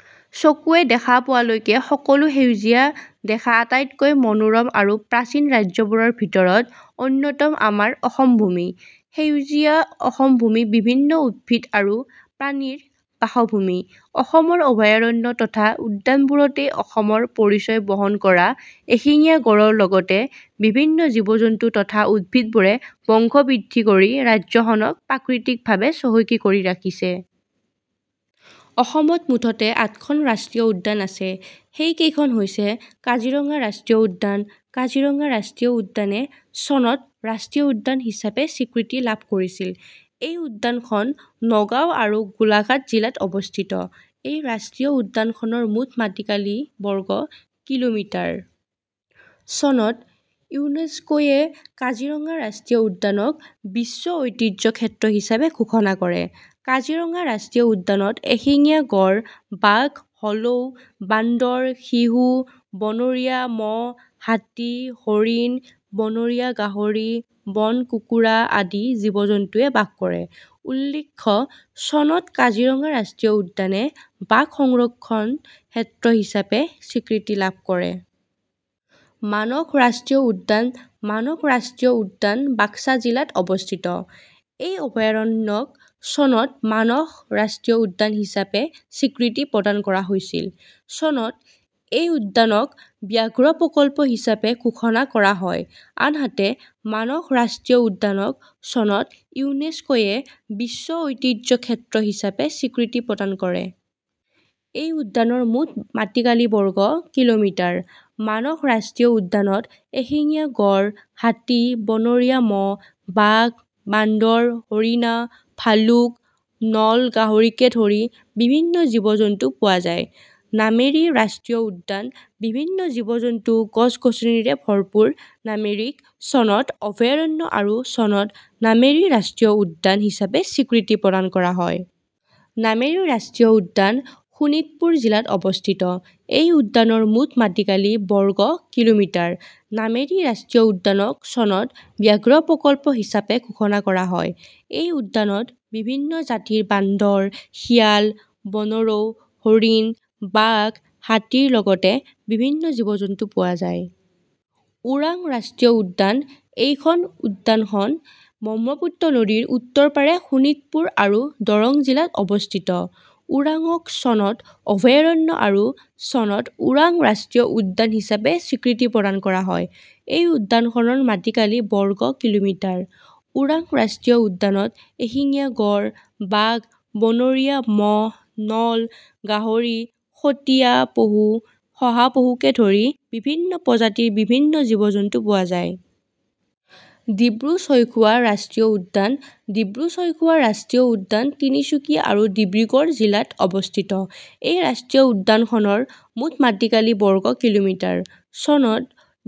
: চকুৱে দেখা পোৱালৈকে সকলো সেউজীয়া দেখা আটাইতকৈ মনোৰম আৰু প্ৰাচীন ৰাজ্যবোৰৰ ভিতৰত অন্যতম আমাৰ অসমভূমি। সেউজীয়া অসমভূমি বিভিন্ন উদ্ভিদ আৰু প্ৰাণীৰ বাসভূমি। অসমৰ অভয়াৰণ্য তথা উদ্যানবোৰতেই অসমৰ পৰিচয় বহন কৰা এশিঙীয়া গঁড়ৰ লগতে বিভিন্ন জীৱ-জন্তু তথা উদ্ভিদবোৰে বংশ বৃদ্ধি কৰি ৰাজ্যখনক প্ৰাকৃতিকভাৱে চহকী কৰি ৰাখিছে। অসমত মুঠতে আঠখন ৰাষ্ট্ৰীয় উদ্যান আছে। সেই কেইখন হৈছে- কাজিৰঙা ৰাষ্ট্ৰীয় উদ্যান কাজিৰঙা ৰাষ্ট্ৰীয় উদ্যানে চনত ৰাষ্ট্ৰীয় উদ্যান হিচাপে স্বীকৃতি লাভ কৰিছিল। এই উদ্যানখন নগাঁও আৰু গোলাঘাট জিলাত অৱস্থিত। এই ৰাষ্ট্ৰীয় উদ্যানখনৰ মুঠ মাটিকালি বৰ্গ কিলোমিটাৰ। চনত ইউনেস্ক'য়ে কাজিৰঙা ৰাষ্ট্ৰীয় উদ্যানক বিশ্ব ঐতিহ্য ক্ষেত্ৰ হিচাপে ঘোষণা কৰে। কাজিৰঙা ৰাষ্ট্ৰীয় উদ্যানত এশিঙীয়া গড়, বাঘ, হলৌ বান্দৰ, শিহু, বনৰীয়া মহ, হাতী, হৰিণ, বনৰীয়া গাহৰি, বন কুকুৰা আদি জীৱ-জন্তৱে বাস কৰে। উল্লেখ্য, চনত কাজিৰঙা ৰাষ্ট্ৰীয় উদ্যানে বাঘ সংৰক্ষণ ক্ষেত্ৰ হিচাপে স্বীকৃতি লাভ কৰে। মানস ৰাষ্ট্ৰীয় উদ্যান মানস ৰাষ্ট্ৰীয় উদ্যান বাক্সা জিলাত অৱস্থিত। এই অভয়াৰণ্যক চনত মানস ৰাষ্ট্ৰীয় উদ্যান হিচাপে স্বীকৃতি প্ৰদান কৰা হৈছিল। চনত এই উদ্যানক ব্যাঘ্ৰ প্ৰকল্প হিচাপে ঘোষণা কৰা কৰা হয়। আনহাতে, মানস ৰাষ্ট্ৰীয় উদ্যানক চনত ইউনেস্ক'য়ে বিশ্ব ঐতিহ্য ক্ষেত্ৰ হিচাপে স্বীকৃতি প্ৰদান কৰে। এই উদ্যানৰ মুঠ মাটিকালি বৰ্গ কিলোমিটাৰ। মানহ ৰাষ্ট্ৰীয় উদ্যানত এশিঙীয়া গড়, হাতী, বনৰীয়া মহ, বাঘ, বান্দৰ, হৰিণা, ভালুক, নল গাহৰিকে ধৰি বিভিন্ন জীৱ-জন্তু পোৱা যায়। নামেৰী ৰাষ্ট্ৰীয় উদ্যান বিভিন্ন জীৱ-জন্তু, গছ-গছনিৰে ভৰপুৰ নামেৰীক চনত অভয়াৰণ্য আৰু চনত নামেৰী ৰাষ্ট্ৰীয় উদ্যান হিচাপে স্বীকৃতি প্ৰদান কৰা হয়। নামেৰী ৰাষ্ট্ৰীয় উদ্যান শোণিতপুৰ জিলাত অৱস্থিত। এই উদ্যানৰ মুঠ মাটিকালি বৰ্গ কিলোমিটাৰ। নামেৰী ৰাষ্ট্ৰীয় উদ্যানক চনত ব্যাঘ্ৰ প্ৰকল্প হিচাপে ঘোষণা কৰা হয়। এই উদ্যানত বিভিন্ন জাতিৰ বান্দৰ, শিয়াল, বনৰৌ, হৰিণ, বাঘ, হাতীৰ লগতে বিভিন্ন জীৱ-জন্তু পোৱা যায়। ওৰাং ৰাষ্ট্ৰীয় উদ্যান এইখন উদ্যানখন ব্ৰহ্মপুত্ৰ নদীৰ উত্তৰপাৰে শোণিতপুৰ আৰু দৰং জিলাত অৱস্থিত। ওৰাঙক চনত অভয়াৰণ্য আৰু চনত ওৰাং ৰাষ্ট্ৰীয় উদ্যান হিচাপে স্বীকৃতি প্ৰদান কৰা হয়। এই উদ্যানখনৰ মাটিকালি বৰ্গ কিলোমিটাৰ। ওৰাং ৰাষ্ট্ৰীয় উদ্যানত এশিঙীয়া গড়, বাঘ, বনৰীয়া মহ, নল গাহৰি, খটিয়া পহু, শহা পহুকে ধৰি বিভিন্ন প্ৰজাতিৰ বিভিন্ন জীৱ-জন্তু পোৱা যায়। ডিব্ৰু-ছৈখোৱা ৰাষ্ট্ৰীয় উদ্যান ডিব্ৰু-ছৈখোৱা ৰাষ্ট্ৰীয় উদ্যান তিনিচুকীয়া আৰু ডিব্ৰুগড় জিলাত অৱস্থিত। এই ৰাষ্ট্ৰীয় উদ্যানখনৰ মুঠ মাটিকালি বৰ্গ কিলোমিটাৰ। চনত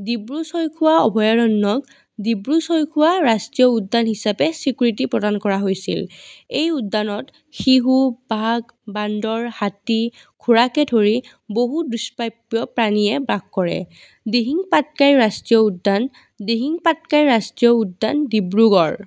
ডিব্ৰু-ছৈখোৱা অভয়াৰণ্যক ডিব্ৰু-ছৈখোৱা ৰাষ্ট্ৰীয় উদ্যান হিচাপে স্বীকৃতি প্ৰদান কৰা হৈছিল। এই উদ্যানত শিহু, বাঘ, বান্দৰ, হাতী, ঘোঁৰাকে ধৰি বহু দুস্প্ৰাপ্য প্ৰাণীয়ে বাস কৰে। দিহিং পাটকাই ৰাষ্ট্ৰীয় উদ্যান দিহিং পাটকাই ৰাষ্ট্ৰীয় উদ্যান ডিব্ৰুগড়